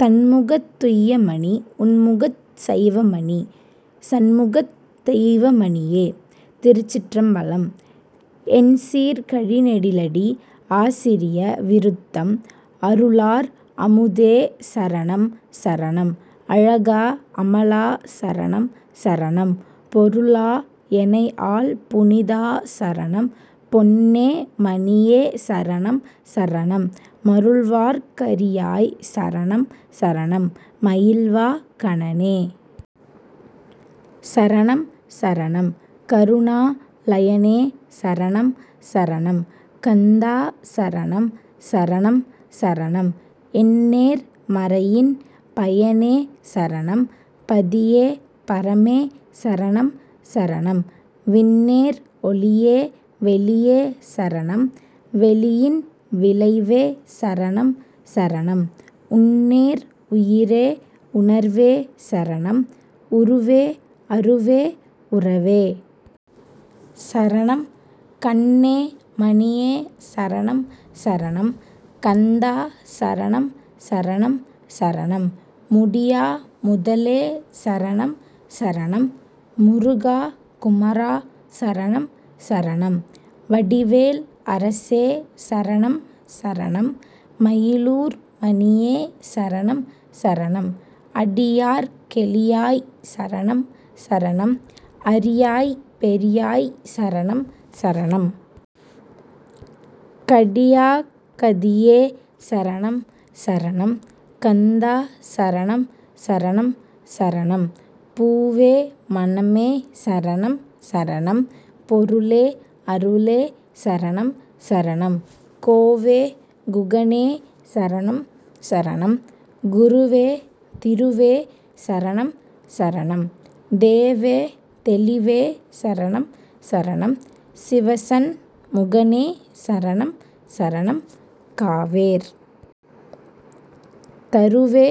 தண்முகத் துய்யமணி உண்முகச் சைவமணி சண்முகத் தெய்வமணியே. திருச்சிற்றம்பலம். எண்சீர்க் கழிநெடிலடி ஆசிரிய விருத்தம் அருளார் அமுதே சரணம் சரணம் அழகா அமலா சரணம் சரணம் பொருளா எனைஆள் புனிதா சரணம் பொன்னே மணியே சரணம் சரணம் மருள்வார்க் கரியாய் சரணம் சரணம் மயில்வா கனனே சரணம் சரணம் கருணா லயனே சரணம் சரணம் கந்தா சரணம் சரணம் சரணம் எண்ணேர் மறையின் பயனே சரணம் பதியே பரமே சரணம் சரணம் விண்ணேர் ஒளியே வெளியே சரணம் வெளியின் விளைவே சரணம் சரணம் உண்ணேர் உயிரே உணர்வே சரணம் உருவே அருவே உறவே சரணம் கண்ணே மணியே சரணம் சரணம் கந்தா சரணம் சரணம் சரணம் முடியா முதலே சரணம் சரணம் முருகா குமரா சரணம் சரணம் வடிவேல் அரசே சரணம் சரணம் மயிலூர் மணியே சரணம் சரணம் அடியார்க் கெளியாய் சரணம் சரணம் அரியாய் பெரியாய் சரணம் சரணம் கடியாக் கதியே சரணம் சரணம் கந்தா சரணம் சரணம் சரணம் பூவே மணமே சரணம் சரணம் பொருளே அருளே சரணம் சரணம் கோவே குகனே சரணம் சரணம் குருவே திருவே சரணம் சரணம் தேவே தெளிவே சரணம் சரணம் சிவசண் முகனே சரணம் சரணம் காவேர் தருவே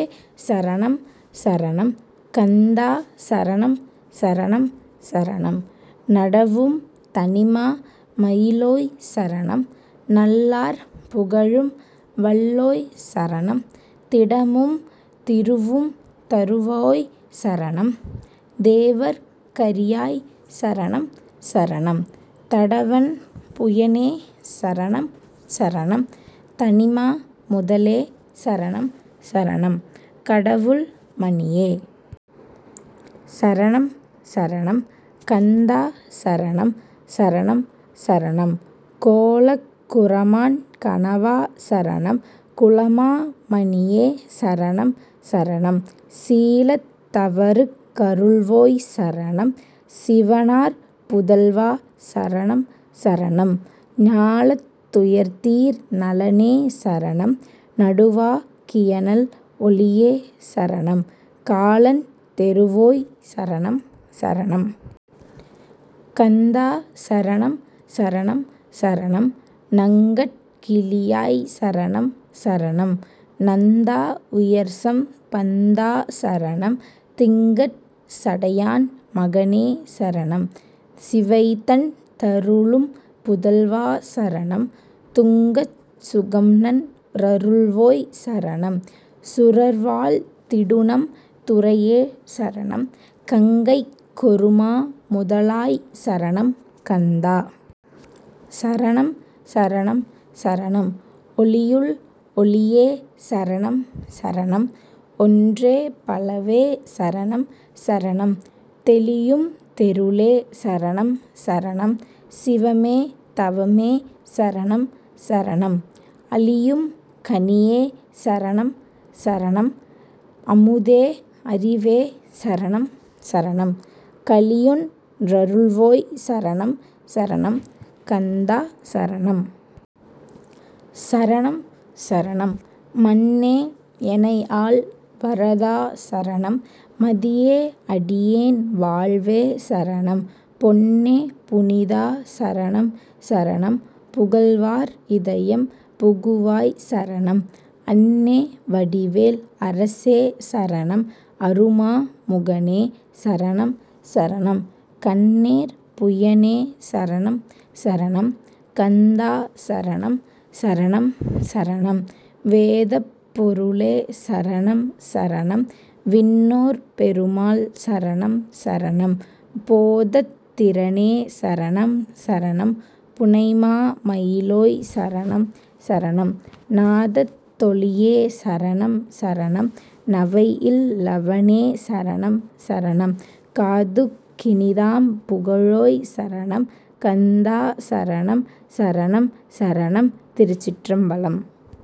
சரணம் சரணம் கந்தா சரணம் சரணம் சரணம் நடவும் தனிமா மயிலோய் சரணம் நல்லார் புகழும் வல்லோய் சரணம் திடமும் திருவும் தருவோய் சரணம் தேவர்க் கரியாய் சரணம் சரணம் தடவண் புயனே சரணம் சரணம் தனிமா முதலே சரணம் சரணம் கடவுள் மணியே சரணம் சரணம் கந்தா சரணம் சரணம் சரணம் கோலக் குறமான் கணவா சரணம் குலமா மணியே சரணம் சரணம் சீலத் தவருக் கருள்வோய்சரணம் சிவனார் புதல்வா சரணம் சரணம் ஞாலத் துயர்தீர் நலனே சரணம் நடுவா கியநல் ஒளியே சரணம் காலன் தெறுவோய் சரணம் சரணம் கந்தா சரணம் சரணம் சரணம் நங்கட் கிளியாய் சரணம் சரணம் நந்தா உயர்சம் பந்தா சரணம் திங்கட் சடையான் மகனே சரணம் சிவைதந் தருளும் புதல்வா சரணம் துங்கச் சுகம்நன் றருள்வோய் சரணம் சுரர்வாழ்த் திடுநம் துரையே சரணம் கங்கைக் கொருமா முதலாய் சரணம் கந்தா சரணம் சரணம் சரணம் ஒளியுள் ஒளியே சரணம் சரணம் ஒன்றே பலவே சரணம் சரணம் தெளியும் தெருளே சரணம் சரணம் சிவமே தவமே சரணம் சரணம் அளியும் கனியே சரணம் சரணம் அமுதே அறிவே சரணம் சரணம் களியொன் றருள்வோய் சரணம் சரணம் கந்தா சரணம் சரணம் சரணம் மன்னே எனைஆள் வரதா சரணம் மதியே அடியேன் வாழ்வே சரணம் பொன்னே புனிதா சரணம் சரணம் புகழ்வார் இதயம் புகுவாய் சரணம் அன்னே வடிவேல் அரசே சரணம் அறுமா முகனே சரணம் சரணம் கன்னேர் புயனே சரணம் சரணம் கந்தா சரணம் சரணம் சரணம் வேதப் பொருளே சரணம் சரணம் விண்ணோர் பெருமாள் சரணம் சரணம் போதத் திறனே சரணம் சரணம் புனைமா மயிலோய் சரணம் சரணம் நாதத் தொலியே சரணம் சரணம் நவைஇல் லவனே சரணம் சரணம் காதுக் கினிதாம் புகழோய் சரணம் கந்தா சரணம் சரணம் சரணம் திருச்சிற்றம்பலம்.